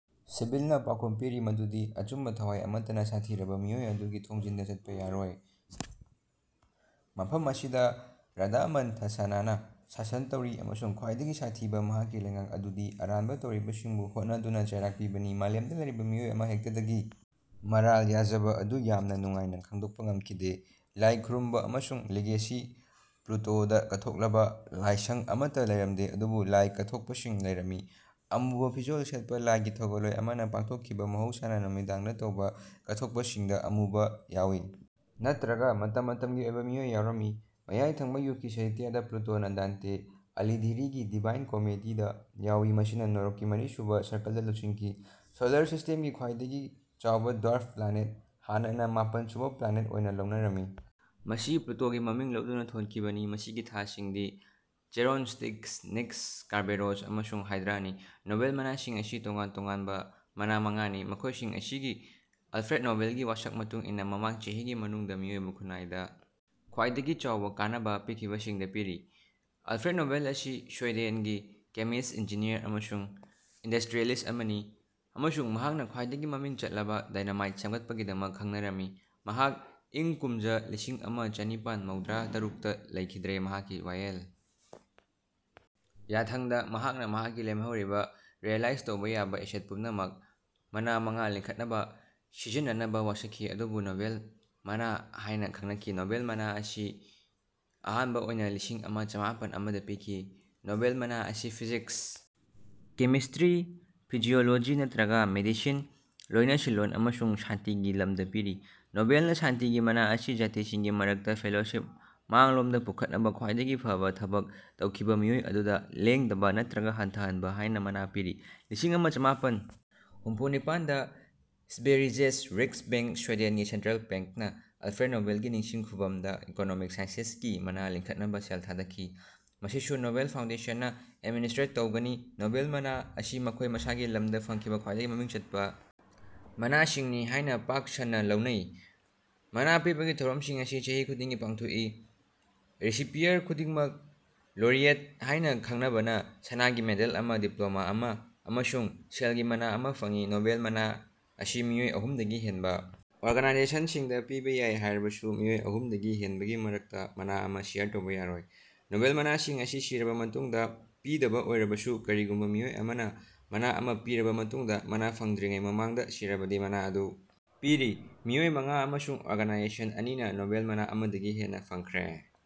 ꯁꯤꯕꯤꯜꯅ ꯄꯥꯎꯈꯨꯝ ꯄꯤꯔꯤ ꯃꯗꯨꯗꯤ ꯑꯆꯨꯝꯕ ꯊꯋꯥꯏ ꯑꯃꯠꯇꯅ ꯁꯥꯊꯤꯔꯕ ꯃꯤꯑꯣꯏ ꯑꯗꯨꯒꯤ ꯊꯣꯡꯖꯤꯟꯗ ꯆꯠꯄ ꯌꯥꯔꯣꯏ ꯃꯐꯝ ꯑꯁꯤꯗ ꯔꯥꯗꯥꯃꯟꯊꯁꯅ ꯁꯥꯁꯟ ꯇꯧꯔꯤ ꯑꯃꯁꯨꯡ ꯈ꯭ꯋꯥꯏꯗꯒꯤ ꯁꯥꯊꯤꯕ ꯃꯍꯥꯛꯀꯤ ꯂꯩꯉꯥꯛ ꯑꯗꯨꯗꯤ ꯑꯔꯥꯟꯕ ꯇꯧꯔꯤꯕꯁꯤꯡꯕꯨ ꯍꯣꯠꯅꯗꯨꯅ ꯆꯩꯔꯥꯛ ꯄꯤꯕꯅꯤ ꯃꯥꯂꯦꯝꯗ ꯂꯩꯔꯤꯕ ꯃꯤꯑꯣꯏ ꯑꯃꯍꯦꯛꯇꯗꯒꯤ ꯃꯔꯥꯜ ꯌꯥꯖꯕ ꯑꯗꯨ ꯌꯥꯝꯅ ꯅꯨꯡꯉꯥꯏꯅ ꯈꯪꯗꯣꯛꯄ ꯉꯝꯈꯤꯗꯦ ꯂꯥꯏ ꯈꯨꯔꯨꯝꯕ ꯑꯃꯁꯨꯡ ꯂꯤꯒꯦꯁꯤ ꯄ꯭ꯂꯨꯇꯣꯗ ꯀꯠꯊꯣꯛꯂꯕ ꯂꯥꯏꯁꯪ ꯑꯃꯠꯇ ꯂꯩꯔꯝꯗꯦ ꯑꯗꯨꯕꯨ ꯂꯥꯏ ꯀꯠꯊꯣꯛꯄꯁꯤꯡ ꯂꯩꯔꯝꯃꯤ꯫ ꯑꯃꯨꯕ ꯐꯤꯖꯣꯜ ꯁꯦꯠꯄ ꯂꯥꯏꯒꯤ ꯊꯧꯒꯜꯂꯣꯏ ꯑꯃꯅ ꯄꯥꯡꯊꯣꯛꯈꯤꯕ ꯃꯍꯧꯁꯥꯅ ꯅꯨꯃꯤꯗꯥꯡꯗ ꯇꯧꯕ ꯀꯠꯊꯣꯛꯄꯁꯤꯡꯗ ꯑꯃꯨꯕ ꯌꯥꯎ ꯅꯠꯇ꯭ꯔꯒ ꯃꯇꯝ ꯃꯇꯝꯒꯤ ꯑꯣꯏꯕ ꯃꯤꯑꯣꯏ ꯌꯥꯎꯔꯝꯃꯤ꯫ ꯃꯌꯥꯏ ꯊꯪꯕ ꯌꯨꯒꯀꯤ ꯁꯥꯍꯤꯇ꯭ꯌꯗ ꯄ꯭ꯂꯨꯇꯣꯅ ꯗꯥꯟꯇꯦ ꯑꯂꯤꯘꯤꯔꯤꯒꯤ ꯗꯤꯚꯥꯏꯟ ꯀꯣꯃꯦꯗꯤꯗ ꯌꯥꯎꯏ ꯃꯁꯤꯅ ꯅꯣꯔꯣꯛꯀꯤ ꯃꯔꯤꯁꯨꯕ ꯁꯔꯀꯜꯗ ꯂꯨꯆꯤꯡꯈꯤ꯫ ꯁꯣꯂꯔ ꯁꯤꯁ꯭ꯇꯦꯝꯒꯤ ꯈ꯭ꯋꯥꯏꯗꯒꯤ ꯆꯥꯎꯕ ꯗ꯭ꯋꯥꯔꯐ ꯄ꯭ꯂꯥꯅꯦꯠ ꯍꯥꯟꯅꯅ ꯃꯥꯄꯟ ꯁꯨꯕ ꯄ꯭ꯂꯥꯅꯦꯠ ꯑꯣꯏꯅ ꯂꯧꯅꯔꯝꯃꯤ ꯃꯁꯤ ꯄ꯭ꯂꯨꯇꯣꯒꯤ ꯃꯃꯤꯡ ꯂꯧꯗꯨꯅ ꯊꯣꯟꯈꯤꯕꯅꯤ ꯃꯁꯤꯒꯤ ꯊꯥꯁꯤꯡꯗꯤ ꯆꯦꯔꯣꯟ ꯁ꯭ꯇꯤꯛꯁ ꯅꯤꯛꯁ ꯀꯔꯕꯦꯔꯣꯁ ꯑꯃꯁꯨꯡ ꯍꯥꯏꯗ꯭ꯔꯥꯅꯤ꯫ ꯅꯣꯕꯦꯜ ꯃꯅꯥꯁꯤꯡ ꯑꯁꯤ ꯇꯣꯉꯥꯟ ꯇꯣꯉꯥꯅꯕꯥ ꯃꯅꯥ ꯃꯉꯥꯅꯤ, ꯃꯈꯣꯌꯁꯤꯡ ꯑꯁꯤ ꯒꯤ ꯑꯜꯐ꯭ꯔꯦꯗ ꯅꯣꯕꯦꯜꯒꯤ ꯋꯥꯁꯛ ꯃꯇꯨꯡ ꯏꯟꯅꯥ ꯃꯃꯥꯡ ꯆꯍꯤꯒꯤ ꯃꯅꯨꯡꯗꯥ ꯃꯤꯑꯣꯏꯕꯥ ꯈꯨꯅꯥꯏꯗ ꯈ꯭ꯋꯥꯏꯗꯒꯤ ꯆꯥꯎꯕꯥ ꯀꯥꯟꯅꯕꯥ ꯄꯤꯈꯤꯕꯁꯤꯡꯗꯥ ꯄꯤꯔꯤ꯫ ꯑꯜꯐ꯭ꯔꯦꯗ ꯅꯣꯕꯦꯜ ꯑꯁꯤ ꯁ꯭ꯋꯤꯗꯦꯟꯒꯤ ꯀꯦꯃꯤꯁ꯭ꯠ ꯏꯟꯖꯤꯅꯤꯌꯔ ꯑꯃꯁꯨꯡ ꯏꯟꯗꯁ꯭ꯠꯔꯤꯌꯦꯂꯤꯁ꯭ꯠ ꯑꯃꯅꯤ ꯑꯃꯁꯨꯡ ꯃꯍꯥꯛꯅꯥ ꯈ꯭ꯋꯥꯏꯗꯒꯤ ꯃꯃꯤꯡ ꯆꯠꯂꯕꯥ ꯗꯥꯏꯅꯥꯃꯥꯏꯠ ꯁꯦꯃꯒꯠꯄꯒꯤꯗꯃꯛ ꯈꯪꯅꯔꯝꯃꯤ꯫ ꯃꯍꯥꯛ ꯏꯪ ꯀꯨꯝꯖ ꯂꯤꯁꯤꯡ ꯑꯃ ꯆꯅꯤꯄꯥꯟ ꯃꯧꯗ꯭ꯔꯥ ꯇꯔꯨꯛꯇ ꯂꯩꯈꯤꯗ꯭ꯔꯦ꯫ ꯃꯍꯥꯛꯀꯤ ꯋꯥꯌꯦꯜ ꯌꯥꯊꯪꯗꯥ ꯃꯍꯥꯛꯅꯥ ꯃꯍꯥꯛꯀꯤ ꯂꯦꯝꯍꯧꯔꯤꯕꯥ ꯔꯤꯑꯦꯂꯥꯏꯖ ꯇꯧꯕꯥ ꯌꯥꯕꯥ ꯑꯦꯁꯦꯠ ꯄꯨꯝꯅꯃꯛ ꯃꯅꯥ ꯃꯉꯥ ꯂꯤꯡꯈꯠꯅꯕꯥ ꯁꯤꯖꯤꯟꯅꯅꯕꯥ ꯋꯥꯁꯛꯈꯤ ꯃꯗꯨꯕꯨ ꯅꯣꯕꯦꯜ ꯃꯅꯥ ꯍꯥꯏꯅꯥ ꯈꯪꯅꯈꯤ꯫ ꯅꯣꯕꯦꯜ ꯃꯅꯥ ꯑꯁꯤ ꯑꯍꯥꯟꯕꯥ ꯑꯣꯏꯅꯥ ꯂꯤꯁꯤꯡ ꯑꯃ ꯆꯃꯥꯄꯟ ꯑꯃꯗ ꯄꯤꯈꯤ꯫ ꯅꯣꯕꯦꯜ ꯃꯅꯥ ꯑꯁꯤ ꯐꯤꯖꯤꯛꯁ ꯀꯦꯃꯤꯁ꯭ꯠꯇ꯭ꯔꯤ ꯐꯤꯖꯤꯑꯣꯂꯣꯖꯤ ꯅꯠꯔꯒꯥ ꯃꯦꯗꯤꯁꯤꯟ ꯂꯣꯏꯅꯁꯤꯜꯂꯣꯟ ꯑꯃꯁꯨꯡ ꯁꯥꯟꯇꯤꯒꯤ ꯂꯝꯗꯥ ꯄꯤꯔꯤ꯫ ꯅꯣꯕꯦꯜꯅꯥ ꯁꯥꯟꯇꯤꯒꯤ ꯃꯅꯥ ꯑꯁꯤ ꯖꯥꯇꯤꯁꯤꯡꯒꯤ ꯃꯔꯛꯇꯥ ꯐꯦꯂꯣꯁꯤꯞ ꯃꯥꯡꯂꯣꯝꯗꯥ ꯄꯨꯈꯠꯅꯕꯥ ꯈ꯭ꯋꯥꯏꯗꯒꯤ ꯐꯕꯥ ꯊꯕꯛ ꯇꯧꯈꯤꯕꯥ ꯃꯤꯑꯣꯏ ꯑꯗꯨꯗꯥ ꯂꯦꯡꯗꯕꯥ ꯅꯠꯇ꯭ꯔꯒꯥ ꯍꯟꯊꯍꯟꯕꯥ ꯍꯥꯏꯅꯥ ꯃꯅꯥ ꯄꯤꯔꯤ꯫ ꯂꯤꯁꯤꯡ ꯑꯃ ꯆꯃꯥꯄꯟ ꯍꯨꯝꯐꯨ ꯅꯤꯄꯥꯟꯗ ꯁ꯭ꯕꯦꯔꯤꯖꯦꯁ ꯔꯤꯛꯁꯕꯦꯉ꯭ꯛ ꯁ꯭ꯋꯤꯗꯦꯟꯒꯤ ꯁꯦꯟꯇ꯭ꯔꯦꯜ ꯕꯦꯡꯛ ꯅꯥ ꯑꯜꯐ꯭ꯔꯦꯗ ꯅꯣꯕꯦꯜꯒꯤ ꯅꯤꯡꯁꯤꯡ ꯈꯨꯚꯝꯗꯥ ꯏꯀꯣꯅꯣꯃꯤꯛ ꯁꯥꯏꯟꯁꯦꯁꯀꯤ ꯃꯅꯥ ꯂꯤꯡꯈꯠꯅꯕꯥ ꯁꯦꯜ ꯊꯥꯗꯈꯤ ꯃꯁꯤꯁꯨ ꯅꯣꯕꯦꯜ ꯐꯥꯎꯟꯗꯦꯁꯟꯅꯥ ꯑꯦꯗꯃꯤꯅꯤꯁ꯭ꯠꯇ꯭ꯔꯦꯠ ꯇꯧꯒꯅꯤ꯫ ꯅꯣꯕꯦꯜ ꯃꯅꯥ ꯑꯁꯤ ꯃꯈꯣꯏ ꯃꯁꯥꯒꯤ ꯂꯝꯗꯥ ꯐꯪꯂꯤꯕꯥ ꯈ꯭ꯋꯥꯏꯗꯒꯤ ꯃꯃꯤꯡ ꯆꯠꯄꯥ ꯃꯅꯥꯁꯤꯡꯅꯤ ꯍꯥꯏꯅꯥ ꯄꯥꯛ ꯁꯟꯅꯥ ꯂꯧꯅꯩ꯫ ꯃꯅꯥ ꯄꯤꯕꯒꯤ ꯊꯧꯔꯝꯁꯤꯡ ꯑꯁꯤ ꯆꯍꯤ ꯈꯨꯗꯤꯡꯒꯤ ꯄꯥꯡꯊꯣꯛꯏ꯫ ꯔꯤꯁꯤꯄꯤꯌꯔ ꯈꯨꯗꯤꯡꯃꯛ ꯂꯣꯔꯤꯑꯦꯠ ꯍꯥꯏꯅꯥ ꯈꯪꯅꯕꯥꯅꯥ ꯁꯅꯥꯒꯤ ꯃꯦꯗꯜ ꯑꯃꯥ ꯗꯤꯄ꯭ꯂꯣꯃꯥ ꯑꯃꯥ ꯑꯃꯁꯨꯡ ꯁꯦꯜꯒꯤ ꯃꯅꯥ ꯑꯃꯥ ꯐꯪꯏ꯫ ꯅꯣꯕꯦꯜ ꯃꯅꯥ ꯑꯁꯤ ꯃꯤꯑꯣꯏ ꯑꯍꯨꯝꯗꯒꯤ ꯍꯦꯟꯕꯥ ꯑꯣꯔꯒꯅꯥꯏꯖꯦꯁꯟꯁꯤꯡꯗꯥ ꯄꯤꯕꯥ ꯌꯥꯏ ꯍꯥꯏꯔꯕꯁꯨ ꯃꯤꯑꯣꯏ ꯑꯍꯨꯝꯗꯒꯤ ꯍꯦꯟꯕꯒꯤ ꯃꯔꯛꯇꯥ ꯃꯅꯥ ꯑꯃꯥ ꯁꯦꯌꯔ ꯇꯧꯕꯥ ꯌꯥꯔꯣꯏ꯫ ꯅꯣꯕꯦꯜ ꯃꯅꯥꯁꯤꯡ ꯑꯁꯤ ꯁꯤꯔꯕꯥ ꯃꯇꯨꯡꯗꯥ ꯄꯤꯗꯕꯥ ꯑꯣꯏꯔꯕꯁꯨ ꯀꯔꯤꯒꯨꯝꯕꯥ ꯃꯤꯑꯣꯏ ꯑꯃꯅꯥ ꯃꯅꯥ ꯑꯃꯥ ꯄꯤꯔꯕꯥ ꯃꯇꯨꯡꯗꯥ ꯃꯅꯥ ꯐꯪꯗ꯭ꯔꯤꯉꯩ ꯃꯃꯥꯡꯗꯥ ꯁꯤꯔꯕꯗꯤ ꯃꯅꯥ ꯑꯗꯨ ꯄꯤꯔꯤ꯫ ꯃꯤꯑꯣꯏ ꯃꯉꯥ ꯑꯃꯁꯨꯡ ꯑꯣꯔꯒꯅꯥꯏꯖꯦꯁꯟ ꯑꯅꯤꯅꯥ ꯅꯣꯕꯦꯜ ꯃꯅꯥ ꯑꯃꯗꯒꯤ ꯍꯦꯟꯅꯥ ꯐꯪꯈ꯭ꯔꯦ꯫